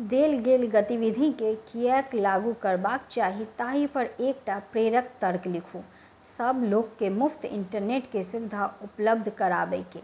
देल गेल गतिविधि कें किएक लागू करबाक चाही ताहि पर एकटा प्रेरक तर्क लिखू। सब लोक के मुफ्त इंटरनेट के सुविधा उपलब्ध कराबय के।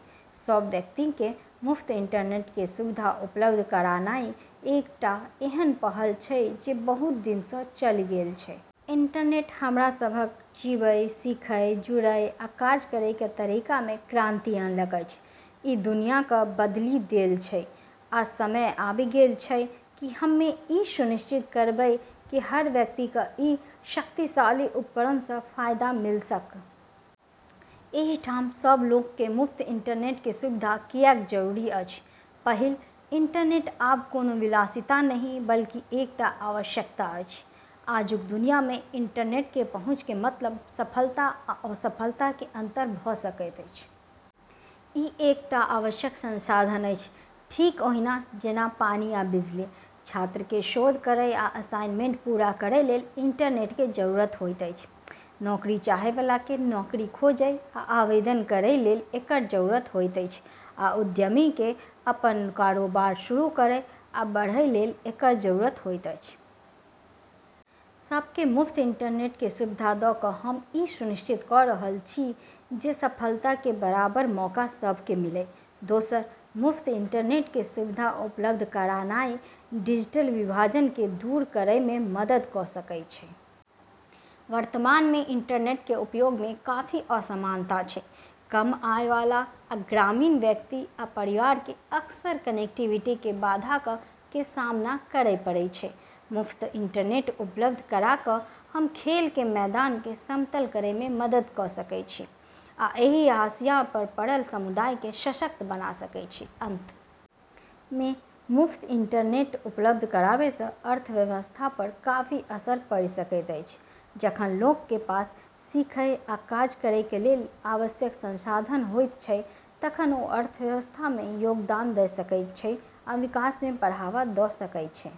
सब व्यक्ति कें मुफ्त इंटरनेट कें सुविधा उपलब्ध करानाय एकटा एहन पहल छै जे बहुत दिन सँ चलि गेल छै। इंटरनेट हमरा सबहक जीबय, सीखय, जुड़य, आ काज करय के तरीका मे क्रांति अनलक अछि। ई दुनिया क बदली देल छै, आ समय आबि गेल छै कि हम्में ई सुनिश्चित करबै कि हर व्यक्ति क ई शक्तिशाली उपकरण सँ फायदा मिल सक। एहि ठाम सब लोक के मुफ्त इंटरनेट के सुविधा किएक जरूरी अछि: पहिल, इंटरनेट आब कोनो विलासिता नहि, बल्कि एकटा आवश्यकता अछि। आजुक दुनिया मे इंटरनेट के पहुंच के मतलब सफलता आ असफलता के अंतर भ सकैत अछि। ई एकटा आवश्यक संसाधन अछि, ठीक ओहिना जेना पानि या बिजली। छात्र के शोध करय आ असाइनमेंट पूरा करय लेल इंटरनेट के जरूरत होएत अछि। नौकरी चाहय वाला के नौकरी खोजय आ आवेदन करय लेल एकर जरूरत होएत अछि आ उद्यमी के अपन कारोबार शुरू करय आ बढ़य लेल एकर जरूरत होएत अछि। सबके मुफ्त इंटरनेट के सुविधा द क हम ई सुनिश्चित क रहल छी जे सफलता के बराबर मौका सभ के मिलय। दोसर, मुफ्त इंटरनेट कें सुविधा उपलब्ध करानाय डिजिटल विभाजन कें दूर करय मे मदद क सकय छै। वर्तमान मे इंटरनेट कें उपयोग मे काफी असमानता छै। कम आय वाला आ ग्रामीण व्यक्ति आ परिवारक कें अक्सर कनेक्टिविटी कें बाधाक कें सामना करय पड़य छै। मुफ्त इंटरनेट उपलब्ध करा क हम खेल के मैदान के समतल करय मे मदद क सकय छी आ एहि हाशिया पर पड़ल समुदाय के सशक्त बना सकय छी। अंत मे, मुफ्त इंटरनेट उपलब्ध कराबय सं अर्थव्यवस्था पर काफी असर पड़ि सकैत अछि। जखन लोक कें पास सीखय आ काज करय कें लेल आवश्यक संसाधन होयत छै तखन ओ अर्थव्यवस्था मे योगदान द सकय छै आ विकास कें बढ़ावा द सकय छै।